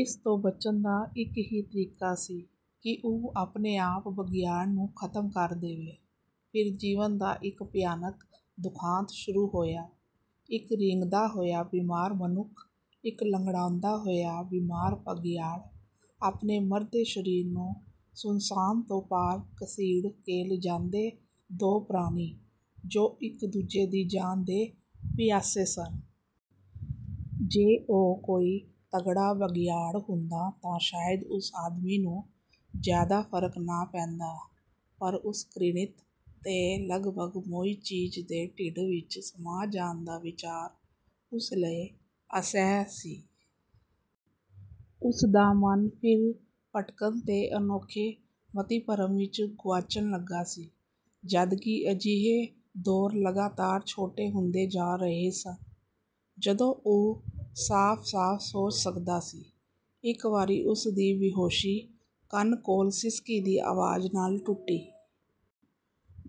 ਇਸ ਤੋਂ ਬਚਣ ਦਾ ਇੱਕ ਹੀ ਤਰੀਕਾ ਸੀ ਕਿ ਉਹ ਆਪਣੇ ਆਪ ਬਘਿਆੜ ਨੂੰ ਖਤਮ ਕਰ ਦੇਵੇ। ਫਿਰ ਜੀਵਨ ਦਾ ਇੱਕ ਭਿਆਨਕ ਦੁਖਾਂਤ ਸ਼ੁਰੂ ਹੋਇਆ – ਇੱਕ ਰੀਂਗਦਾ ਹੋਇਆ ਬਿਮਾਰ ਮਨੁੱਖ, ਇੱਕ ਲੰਗੜਾਉਂਦਾ ਹੋਇਆ ਬਿਮਾਰ ਬਘਿਆੜ, ਆਪਣੇ ਮਰਦੇ ਸਰੀਰ ਨੂੰ ਸੁੰਨ੍ਹਸਾਨ ਤੋਂ ਪਾਰ ਘਸੀੜ ਕੇ ਲਿਜਾਂਦੇ ਦੋ ਪ੍ਰਾਣੀ, ਜੋ ਇੱਕ-ਦੂਜੇ ਦੀ ਜਾਨ ਦੇ ਪਿਆਸੇ ਸਨ। ਜੇ ਉਹ ਕੋਈ ਤਕੜਾ ਬਘਿਆੜ ਹੁੰਦਾ ਤਾਂ ਸ਼ਾਇਦ ਉਸ ਆਦਮੀ ਨੂੰ ਜ਼ਿਆਦਾ ਫਰਕ ਨਾ ਪੈਂਦਾ, ਪਰ ਉਸ ਘ੍ਰਿਣਤ ਤੇ ਲਗਭਗ ਮੋਈ ਚੀਜ਼ ਦੇ ਢਿੱਡ ਵਿੱਚ ਸਮਾ ਜਾਣ ਦਾ ਵਿਚਾਰ ਉਸ ਲਈ ਅਸਹਿ ਸੀ। ਉਸਦਾ ਮਨ ਫਿਰ ਭਟਕਣ ਤੇ ਅਨੋਖੇ ਮਤੀਭਰਮ ਵਿੱਚ ਗੁਆਚਣ ਲੱਗਾ ਸੀ, ਜਦਕਿ ਅਜਿਹੇ ਦੌਰ ਲਗਾਤਾਰ ਛੋਟੇ ਹੁੰਦੇ ਜਾ ਰਹੇ ਸਨ, ਜਦੋਂ ਉਹ ਸਾਫ਼-ਸਾਫ਼ ਸੋਚ ਸਕਦਾ ਸੀ। ਇੱਕ ਵਾਰੀ ਉਸਦੀ ਬੇਹੋਸ਼ੀ ਕੰਨ ਕੋਲ ਸਿਸਕੀ ਦੀ ਅਵਾਜ਼ ਨਾਲ਼ ਟੁੱਟੀ।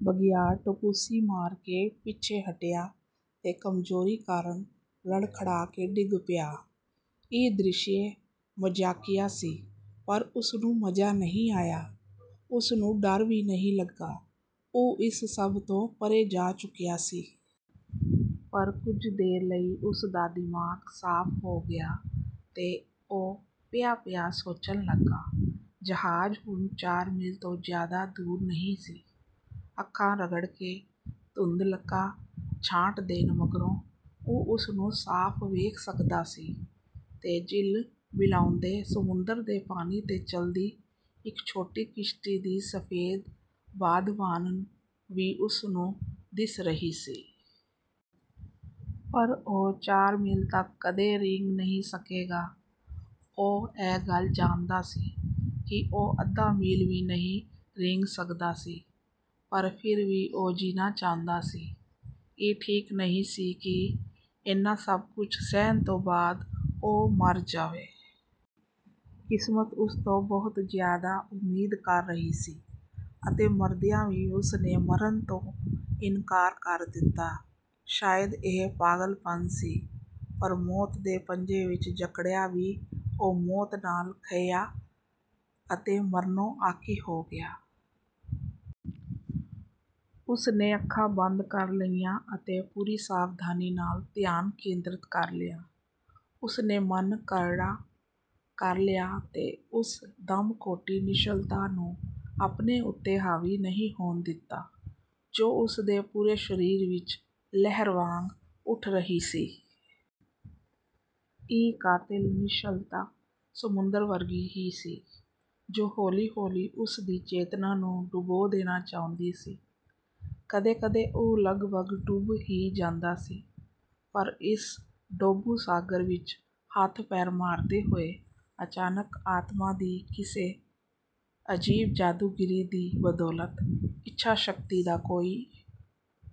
ਬਘਿਆੜ ਟਪੂਸੀ ਮਾਰ ਕੇ ਪਿੱਛੇ ਹਟਿਆ ਤੇ ਕਮਜ਼ੋਰੀ ਕਾਰਨ ਲੜਖੜਾਕੇ ਡਿੱਗ ਪਿਆ। ਇਹ ਦ੍ਰਿਸ਼ ਮਜ਼ਾਕੀਆ ਸੀ, ਪਰ ਉਸਨੂੰ ਮਜ਼ਾ ਨਹੀਂ ਆਇਆ। ਉਸਨੂੰ ਡਰ ਵੀ ਨਹੀਂ ਲੱਗਾ। ਉਹ ਇਸ ਸਭ ਤੋਂ ਪਰ੍ਹੇ ਜਾ ਚੁੱਕਿਆ ਸੀ। ਪਰ ਕੁੱਝ ਦੇਰ ਲਈ ਉਸਦਾ ਦਿਮਾਗ਼ ਸਾਫ਼ ਹੋ ਗਿਆ ਤੇ ਉਹ ਪਿਆ-ਪਿਆ ਸੋਚਣ ਲੱਗਾ। ਜਹਾਜ਼ ਹੁਣ ਚਾਰ ਮੀਲ ਤੋਂ ਜ਼ਿਆਦਾ ਦੂਰ ਨਹੀਂ ਸੀ। ਅੱਖਾਂ ਰਗੜਕੇ ਧੁੰਦਲ਼ਕਾ ਛਾਂਟ ਦੇਣ ਮਗਰੋਂ ਉਹ ਉਸਨੂੰ ਸਾਫ਼ ਵੇਖ ਸਕਦਾ ਸੀ ਤੇ ਝਿਲਮਿਲਾਉਂਦੇ ਸਮੁੰਦਰ ਦੇ ਪਾਣੀ 'ਤੇ ਚੱਲਦੀ ਇੱਕ ਛੋਟੀ ਕਿਸ਼ਤੀ ਦੀ ਸਫੇਦ ਬਾਦਵਾਨ ਵੀ ਉਸਨੂੰ ਦਿਸ ਰਹੀ ਸੀ। ਪਰ ਉਹ ਚਾਰ ਮੀਲ ਤੱਕ ਕਦੇ ਰੀਂਗ ਨਹੀਂ ਸਕੇਗਾ। ਉਹ ਇਹ ਗੱਲ ਜਾਣਦਾ ਸੀ ਕਿ ਉਹ ਅੱਧਾ ਮੀਲ ਵੀ ਨਹੀਂ ਰੀਂਗ ਸਕਦਾ ਸੀ। ਪਰ ਫਿਰ ਵੀ ਉਹ ਜੀਣਾ ਚਾਹੁੰਦਾ ਸੀ। ਇਹ ਠੀਕ ਨਹੀਂ ਸੀ ਕਿ ਇੰਨਾ ਸਭ ਕੁੱਝ ਸਹਿਣ ਤੋਂ ਬਾਅਦ ਉਹ ਮਰ ਜਾਵੇ। ਕਿਸਮਤ ਉਸਤੋਂ ਬਹੁਤ ਜ਼ਿਆਦਾ ਉਮੀਦ ਕਰ ਰਹੀ ਸੀ ਅਤੇ ਮਰਦਿਆਂ ਵੀ ਉਸਨੇ ਮਰਨ ਤੋਂ ਇਨਕਾਰ ਕਰ ਦਿੱਤਾ। ਸ਼ਾਇਦ ਇਹ ਪਾਗਲਪਣ ਸੀ, ਪਰ ਮੌਤ ਦੇ ਪੰਜੇ ਵਿੱਚ ਜਕੜਿਆਂ ਵੀ ਉਹ ਮੌਤ ਨਾਲ਼ ਖਹਿਆ ਅਤੇ ਮਰਨੋਂ ਆਕੀ ਹੋ ਗਿਆ। ਉਸਨੇ ਅੱਖਾਂ ਬੰਦ ਕਰ ਲਈਆਂ ਅਤੇ ਪੂਰੀ ਸਾਵਧਾਨੀ ਨਾਲ਼ ਧਿਆਨ ਕੇਂਦਰਤ ਕਰ ਲਿਆ। ਉਸਨੇ ਮਨ ਕਰੜਾ ਕਰ ਲਿਆ ਤੇ ਉਸ ਦਮਘੋਟੂ ਨਿੱਸਲ਼ਤਾ ਨੂੰ ਆਪਣੇ ਉੱਤੇ ਹਾਵੀ ਨਹੀਂ ਹੋਣ ਦਿੱਤਾ, ਜੋ ਉਸਦੇ ਪੂਰੇ ਸਰੀਰ ਵਿੱਚ ਲਹਿਰ ਵਾਂਗ ਉੱਠ ਰਹੀ ਸੀ। ਇਹ ਕਾਤਲ ਨਿੱਸਲ਼ਤਾ ਸਮੁੰਦਰ ਵਰਗੀ ਹੀ ਸੀ, ਜੋ ਹੌਲੀ-ਹੌਲੀ ਉਸਦੀ ਚੇਤਨਾ ਨੂੰ ਡੁਬੋ ਦੇਣਾ ਚਾਹੁੰਦੀ ਸੀ। ਕਦੇ-ਕਦੇ ਉਹ ਲਗਭਗ ਡੁੱਬ ਹੀ ਜਾਂਦਾ ਸੀ; ਪਰ ਇਸ ਡੋਬੂ ਸਾਗਰ ਵਿੱਚ ਹੱਥ-ਪੈਰ ਮਾਰਦੇ ਹੋਏ ਅਚਾਨਕ ਆਤਮਾ ਦੀ ਕਿਸੇ ਅਜੀਬ ਜਾਦੂਗਿਰੀ ਦੀ ਬਦੌਲਤ ਇੱਛਾ-ਸ਼ਕਤੀ ਦਾ ਕੋਈ...